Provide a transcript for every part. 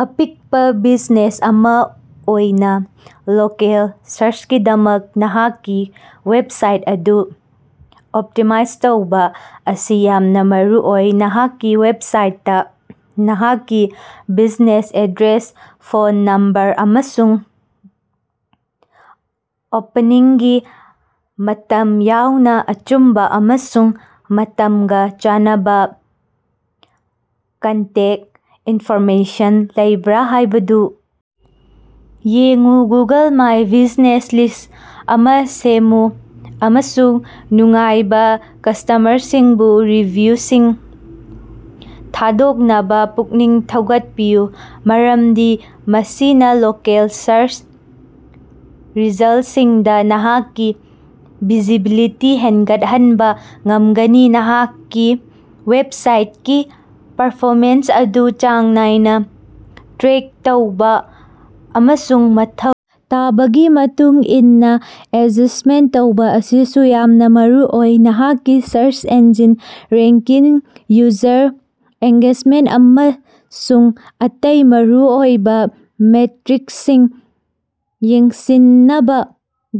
ꯑꯄꯤꯛꯄꯥ ꯕꯤꯖꯤꯅꯦꯁ ꯑꯃꯥ ꯑꯣꯏꯅꯥ ꯂꯣꯀꯦꯜ ꯁꯥꯔꯆꯀꯤꯗꯃꯛ ꯅꯍꯥꯛꯀꯤ ꯋꯦꯕꯁꯥꯏꯠ ꯑꯗꯨ ꯑꯣꯞꯇꯤꯃꯥꯏꯖ ꯇꯧꯕꯥ ꯑꯁꯤ ꯌꯥꯝꯅꯥ ꯃꯔꯨꯑꯣꯏ꯫ ꯅꯍꯥꯛꯀꯤ ꯋꯦꯕꯁꯥꯏꯠꯇꯥ ꯅꯍꯥꯛꯀꯤ ꯕ꯭ꯌꯨꯖꯤꯅꯦꯁ ꯑꯦꯗ꯭ꯔꯦꯁ ꯐꯣꯟ ꯅꯝꯕꯔ ꯑꯃꯁꯨꯡ ꯑꯣꯄꯅꯤꯡꯒꯤ ꯃꯇꯝ ꯌꯥꯎꯅꯥ ꯑꯆꯨꯝꯕꯥ ꯑꯃꯁꯨꯡ ꯃꯇꯝꯒꯥ ꯆꯥꯟꯅꯕꯥ ꯀꯟꯇꯦꯛ ꯏꯟꯐꯣꯔꯃꯦꯁꯟ ꯂꯩꯕ꯭ꯔꯥ ꯍꯥꯏꯕꯗꯨ ꯌꯦꯡꯎ꯫ ꯒꯨꯒꯜ ꯃꯥꯏ ꯕ꯭ꯌꯨꯖꯤꯅꯦꯁ ꯂꯤꯁ꯭ꯠ ꯑꯃꯥ ꯁꯦꯝꯃꯨ ꯑꯃꯁꯨꯡ ꯅꯨꯡꯉꯥꯏꯕꯥ ꯀꯁꯇꯃꯔꯁꯤꯡꯕꯨ ꯔꯤꯚꯤꯌꯨꯁꯤꯡ ꯊꯥꯗꯣꯛꯅꯕꯥ ꯄꯨꯛꯅꯤꯡ ꯊꯧꯒꯠꯄꯤꯌꯨ ꯃꯔꯝꯗꯤ ꯃꯁꯤꯅꯥ ꯂꯣꯀꯦꯜ ꯁꯥꯔꯆ ꯔꯤꯖꯜꯠꯁꯤꯡꯗꯥ ꯅꯍꯥꯛꯀꯤ ꯚꯤꯖꯤꯕꯤꯂꯤꯇꯤ ꯍꯦꯟꯒꯠꯍꯟꯕꯥ ꯉꯝꯒꯅꯤ꯫ ꯅꯍꯥꯛꯀꯤ ꯋꯦꯕꯁꯥꯏꯡꯀꯤ ꯄꯔꯐꯣꯃꯦꯟꯁ ꯑꯗꯨ ꯆꯥꯡ ꯅꯥꯏꯅꯥ ꯇ꯭ꯔꯦꯛ ꯇꯧꯕꯥ ꯑꯃꯁꯨꯡ ꯃꯊꯧ ꯇꯥꯕꯒꯤ ꯃꯇꯨꯡ ꯏꯟꯅꯥ ꯑꯦꯗꯖꯁ꯭ꯇꯃꯦꯟꯠ ꯇꯧꯕꯥ ꯑꯁꯤꯁꯨ ꯌꯥꯝꯅꯥ ꯃꯔꯨꯑꯣꯏ꯫ ꯅꯍꯥꯛꯀꯤ search engine ranking user engagement ꯑꯃꯁꯨꯡ ꯑꯇꯩ ꯃꯔꯨꯑꯣꯏꯕꯥ ꯃꯦꯇ꯭ꯔꯤꯛꯁꯤꯡ ꯌꯦꯡꯁꯤꯟꯅꯕꯥ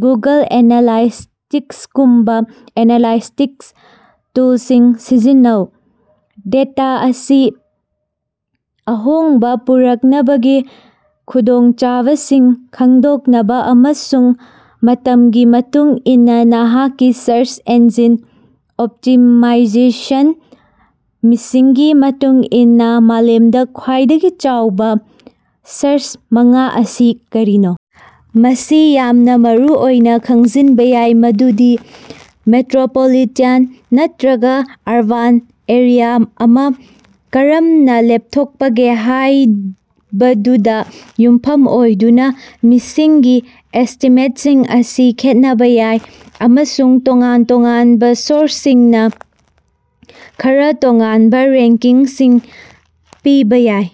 ꯒꯨꯒꯜ ꯑꯦꯅꯥꯂꯥꯏꯇꯤꯛꯁꯒꯨꯝꯕꯥ ꯑꯦꯅꯥꯂꯥꯏꯇꯤꯛꯁ ꯇꯨꯜꯁꯤꯡ ꯁꯤꯖꯤꯟꯅꯧ꯫ ꯗꯦꯇꯥ ꯑꯁꯤ ꯑꯍꯣꯡꯕꯥ ꯄꯨꯔꯛꯅꯕꯒꯤ ꯈꯨꯗꯣꯡꯆꯥꯕꯁꯤꯡ ꯈꯪꯗꯣꯛꯅꯕꯥ ꯑꯃꯁꯨꯡ ꯃꯇꯝꯒꯤ ꯃꯇꯨꯡ ꯏꯟꯅꯥ ꯅꯍꯥꯛꯀꯤ ꯁꯔꯆ ꯏꯟꯖꯤꯟ ꯑꯣꯞꯇꯤꯃꯥꯏꯖꯦꯁꯟ ꯃꯤꯁꯤꯡꯒꯤ ꯃꯇꯨꯡ ꯏꯟꯅꯥ ꯃꯥꯂꯦꯝꯗꯥ ꯈ꯭ꯋꯥꯏꯗꯒꯤ ꯆꯥꯎꯕꯥ ꯁꯔꯆ ꯃꯉꯥ ꯑꯁꯤ ꯀꯔꯤꯅꯣ? ꯃꯁꯤ ꯌꯥꯝꯅꯥ ꯃꯔꯨꯑꯣꯏꯅꯥ ꯈꯪꯖꯤꯟꯕꯥ ꯌꯥꯏ ꯃꯗꯨꯗꯤ ꯃꯦꯇ꯭ꯔꯣꯄꯣꯂꯤꯇꯥꯟ ꯅꯠꯇ꯭ꯔꯒꯥ ꯑꯔꯕꯥꯟ ꯑꯦꯔꯤꯌꯥ ꯑꯃꯥ ꯀꯔꯝꯅꯥ ꯂꯦꯞꯊꯣꯛꯄꯒꯦ ꯍꯥꯏꯕꯗꯨꯗꯥ ꯌꯨꯝꯐꯝ ꯑꯣꯏꯗꯨꯅꯥ ꯃꯤꯁꯤꯡꯒꯤ ꯑꯦꯁꯇꯤꯃꯦꯠꯁꯤꯡ ꯑꯁꯤ ꯈꯦꯠꯅꯕꯥ ꯌꯥꯏ ꯑꯃꯁꯨꯡ ꯇꯣꯉꯥꯟ ꯇꯣꯉꯥꯟꯕꯥ ꯁꯣꯔꯁꯁꯤꯡꯅꯥ ꯈꯔꯥ ꯇꯣꯉꯥꯟꯕꯥ ꯔꯦꯡꯀꯤꯡꯁꯤꯡ ꯄꯤꯕꯥ ꯌꯥꯏ꯫